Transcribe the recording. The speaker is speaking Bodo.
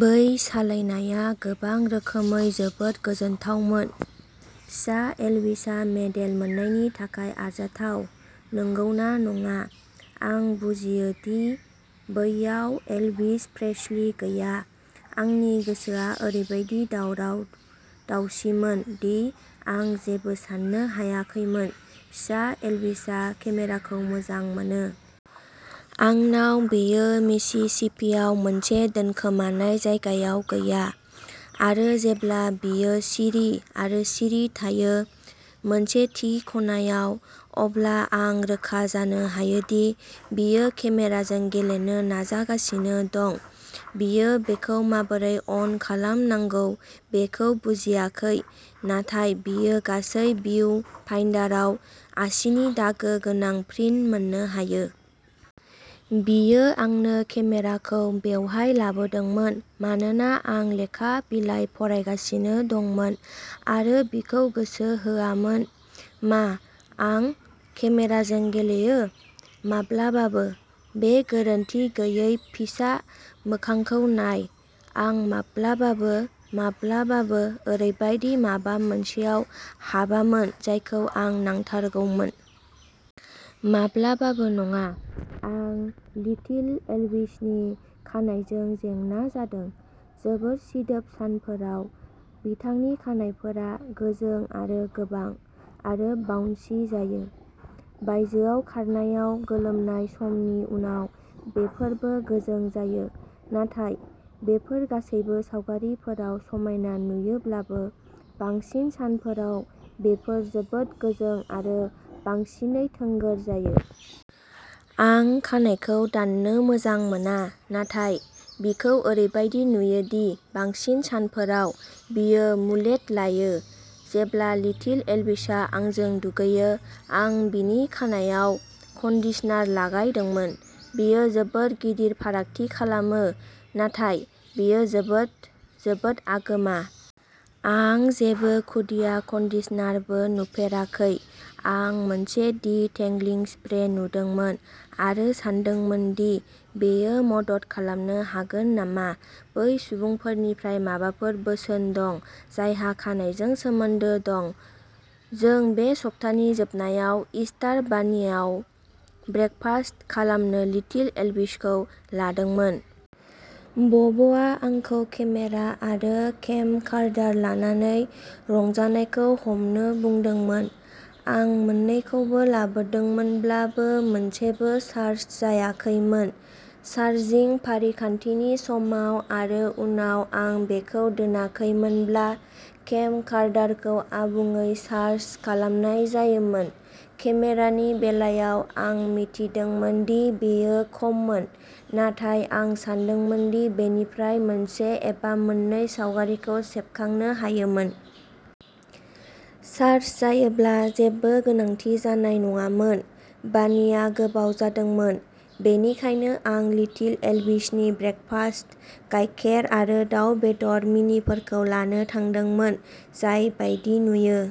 बै सालायनायआ गोबां रोखोमै जोबोद गोजोनथावमोन। फिसा एल्विसआ मेडेल मोन्नायनि थाखाय आरजाथाव, नंगौना नङा? आं बुजियो दि बैयाव एल्विस प्रेस्लि गैया। आंनि गोसोआ ओरैबादि दावराव-दावसिमोन दि आं जेबो साननो हायाखैमोन। फिसा एल्विसआ केमेराखौ मोजां मोनो। आंनाव बेयो मिसिसिपीआव मोनसे दोनखोमानाय जायगायाव गैया, आरो जेब्ला बियो सिरि आरो सिरि थायो। मोनसे थि खनायाव, अब्ला आं रोखा जानो हायो दि बियो केमेराजों गेलेनो नाजागासिनो दं। बियो बेखौ माबोरै अन खालामनांगौ बेखौ बुजियाखै, नाथाय बियो गासै भिउ-फाइन्डारआव आसिनि दागो गोनां प्रिन्ट मोननो हायो। बियो आंनो केमेराखौ बेवहाय लाबोदोंमोन मानोना आं लेखा बिलाइ फरायगासिनो दंमोन आरो बिखौ गोसो होआमोन। "मा? आं? केमेराजों गेलेयो? माब्लाबाबो!! बे गोरोनथि गैयै फिसा मोखांखौ नाय! आं माब्लाबाबो, माब्लाबाबो ओरैबायदि माबा मोनसेयाव हाबामोन जायखौ आं नांथारगौमोन। माब्लाबाबो नङा! " आं लिटिल एल्विसनि खानाइजों जेंना जादों। जोबोद सिदोब सानफोराव बिथांनि खानाइफोरा गोजों आरो गोबां आरो बाउन्सि जायो। बायजोआव खारनायाव गोलोमनाय समनि उनाव बेफोरबो गोजों जायो। नाथाय बेफोर गासैबो सावगारिफोराव समायना नुयोब्लाबो, बांसिन सानफोराव बेफोर जोबोद गोजों आरो बांसिनै थोंगोर जायो। आं खानाइखौ दाननो मोजां मोना, नाथाय बिखौ ओरैबादि नुयो दि बांसिन सानफोराव बियो मुलेट लायो। जेब्ला लिटिल एल्विसआ आंजों दुगैयो, आं बिनि खानाइआव कन्डिशनार लागायदोंमोन। बेयो जोबोद गिदिर फारागथि खालामो, नाथाय बेयो जोबोद, जोबोद आगोमा। आं जेबो खुदिया कन्डिशनारबो नुफेराखै। आं मोनसे डिटेंगलिं स्प्रे नुदोंमोन आरो सानदोंमोन दि बेयो मदद खालामनो हागोन नामा। बै सुबुंफोरनिफ्राय माबाफोर बोसोन दं जायहा खानाइजों सोमोन्दो दं? जों बे सप्तानि जोबनायाव इस्टार बानियाव ब्रेकफास्ट खालामनो लिटिल एल्विसखौ लादोंमोन। बबआ आंखौ केमेरा आरो केमकार्डार लानानै रंजानायखौ हमनो बुंदोंमोन। आं मोन्नैखौबो लाबोदोंमोनब्लाबो, मोनसेबो चार्ज जायाखैमोन। चार्जिं फारिखान्थिनि समाव आरो उनाव आं बेखौ दोनाखैमोनब्ला केमकार्डारखौ आबुङै चार्ज खालामनाय जायोमोन। केमेरानि बेलायाव, आं मिथिदोंमोन दि बेयो खममोन, नाथाय आं सानदोंमोन दि बेनिफ्राय मोनसे एबा मोननै सावगारिखौ सेबखांनो हायोमोन। चार्ज जायोब्ला जेबो गोनांथि जानाय नङामोन। बानिया गोबाव जादोंमोन, बेनिखायनो आं लिटिल एल्विसनि ब्रेकफास्ट-- गायखेर आरो दाव बेदर मिनिफोरखौ लानो थांदोंमोन, जाय बायदि नुयो।